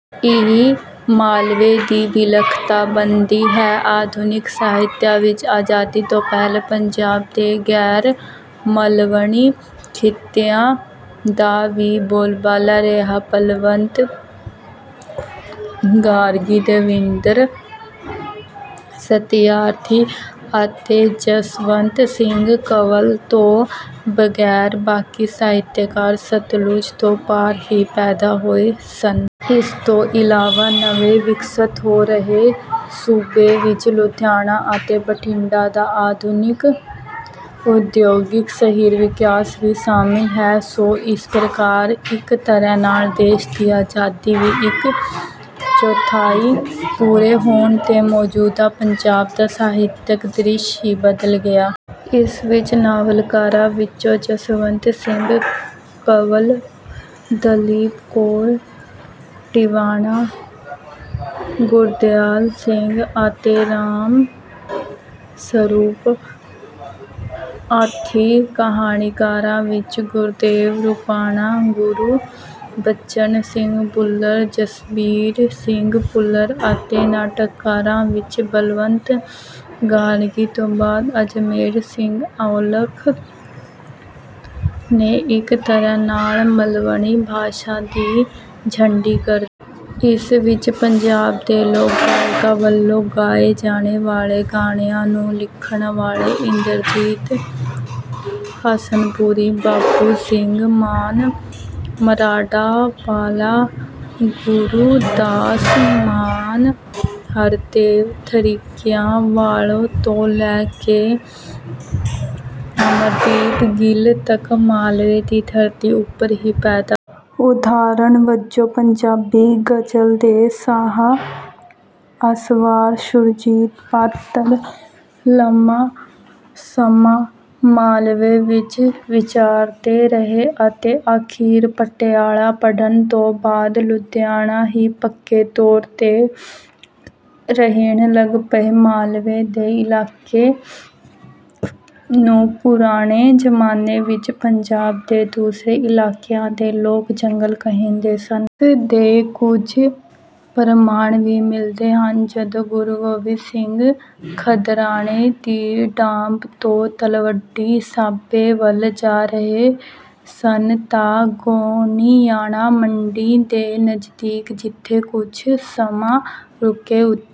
ਇਹ ਮਾਲਵੇ ਦੀ ਵਿਲੱਖਣਤਾ ਬਣਦੀ ਹੈ। ਆਧੁਨਿਕ ਸਾਹਿਤ ਵਿੱਚ ਆਜ਼ਾਦੀ ਤੋਂ ਪਹਿਲਾਂ ਪੰਜਾਬ ਦੇ ਗੈਰ ਮਲਵਈ ਖਿੱਤਿਆਂ ਦਾ ਹੀ ਬੋਲਬਾਲਾ ਰਿਹਾ। ਬਲਵੰਤ ਗਾਰਗੀ ਦਵਿੰਦਰ ਸਤਿਆਰਥੀ ਅਤੇ ਜਸਵੰਤ ਸਿੰਘ ਕੰਵਲ ਤੋਂ ਬਗੈਰ ਬਾਕੀ ਸਾਹਿਤਕਾਰ ਸਤਲੁਜ ਤੋਂ ਪਾਰ ਹੀ ਪੈਦਾ ਹੋਏ ਸਨ। ਇਸ ਤੋਂ ਇਲਾਵਾ ਨਵੇਂ ਵਿਕਸਤ ਹੋ ਰਹੇ ਸੂਬੇ ਵਿੱਚ ਲੁਧਿਆਣਾ ਅਤੇ ਬਠਿੰਡਾ ਦਾ ਆਧੁਨਿਕ ਉਦਯੋਗਿਕ ਸ਼ਹਿਰੀ ਵਿਕਾਸ ਵੀ ਸ਼ਾਮਲ ਹੈ। ਸੋ ਇਸ ਪ੍ਰਕਾਰ ਇੱਕ ਤਰ੍ਹਾਂ ਨਾਲ ਦੇਸ਼ ਦੀ ਆਜ਼ਾਦੀ ਦੀ ਇੱਕ ਚੌਥਾਈ ਪੂਰੀ ਹੋਣ ਤੇ ਮੌਜੂਦਾ ਪੰਜਾਬ ਦਾ ਸਾਹਿਤਕ ਦ੍ਰਿਸ਼ ਹੀ ਬਦਲ ਗਿਆ। ਇਸ ਵਿੱਚ ਨਾਵਲਕਾਰਾਂ ਵਿੱਚੋਂ ਜਸਵੰਤ ਸਿੰਘ ਕੰਵਲ ਦਲੀਪ ਕੌਰ ਟਿਵਾਣਾ ਗੁਰਦਿਆਲ ਸਿੰਘ ਅਤੇ ਰਾਮ ਸਰੂਪ ਅਖੀ ਕਹਾਣੀਕਾਰਾਂ ਵਿੱਚੋਂ ਗੁਰਦੇਵ ਰੁਪਾਣਾ ਗੁਰਬਚਨ ਸਿੰਘ ਭੁੱਲਰ ਜਸਬੀਰ ਸਿੰਘ ਭੁੱਲਰ ਅਤੇ ਨਾਟਕਕਾਰਾਂ ਵਿੱਚੋਂ ਬਲਵੰਤ ਗਾਰਗੀ ਤੋਂ ਬਾਅਦ ਅਜਮੇਰ ਸਿੰਘ ਔਲਖ ਨੇ ਇੱਕ ਤਰ੍ਹਾਂ ਨਾਲ ਮਲਵਈ ਭਾਸ਼ਾ ਦੀ ਝੰਡੀ ਕਰ ਦਿੱਤੀ। ਇਸ ਵਿੱਚ ਪੰਜਾਬ ਦੇ ਲੋਕ ਗਾਇਕਾਂ ਵੱਲੋਂ ਗਾਏ ਜਾਣ ਵਾਲੇ ਗਾਣਿਆਂ ਨੂੰ ਲਿਖਣ ਵਾਲੇ ਇੰਦਰਜੀਤ ਹਸਨਪੁਰੀ ਬਾਬੂ ਸਿੰਘ ਮਾਨ ਮਰਾੜਾਂਵਾਲਾ ਗੁਰਦਾਸ ਮਾਨ ਹਰਦੇਵ ਥਰੀਕਿਆਂ ਵਾਲੇ ਤੋਂ ਲੈ ਕੇ ਅਮਰਦੀਪ ਗਿੱਲ ਤਕ ਮਾਲਵੇ ਦੀ ਧਰਤੀ ਉਪਰ ਹੀ ਪੈਦਾ ਹੋਏ। ਉਦਾਹਰਨ ਵਜੋਂ ਪੰਜਾਬੀ ਗ਼ਜ਼ਲ ਦੇ ਸ਼ਾਹ ਅਸਵਾਰ ਸੁਰਜੀਤ ਪਾਤਰ ਲੰਮਾ ਸਮਾਂ ਮਾਲਵੇ ਵਿੱਚ ਵਿਚਰਦੇ ਰਹੇ ਅਤੇ ਅਖੀਰ ਪਟਿਆਲੇ ਪੜ੍ਹਨ ਤੋਂ ਬਾਅਦ ਲੁਧਿਆਣੇ ਹੀ ਪੱਕੇ ਤੌਰ ਤੇ ਰਹਿਣ ਲੱਗ ਪਏ। ਮਾਲਵੇ ਦੇ ਇਲਾਕੇ ਨੂੰ ਪੁਰਾਣੇ ਜ਼ਮਾਨੇ ਵਿੱਚ ਪੰਜਾਬ ਦੇ ਦੂਸਰੇ ਇਲਾਕਿਆਂ ਦੇ ਲੋਕ ਜੰਗਲ ਕਹਿੰਦੇ ਸਨ। ਇਸ ਦੇ ਕੁਝ ਪ੍ਰਮਾਣ ਵੀ ਮਿਲਦੇ ਹਨ। ਜਦੋਂ ਗੁਰੂ ਗੋਬਿੰਦ ਸਿੰਘ ਖਦਰਾਣੇ ਦੀ ਢਾਬ ਤੋਂ ਤਲਵੰਡੀ ਸਾਬੋ ਵੱਲ ਜਾ ਰਹੇ ਸਨ ਤਾਂ ਗੋਨਿਆਣਾ ਮੰਡੀ ਦੇ ਨਜ਼ਦੀਕ ਜਿੱਥੇ ਕੁਝ ਸਮਾਂ ਰੁਕੇ ਉਥੇ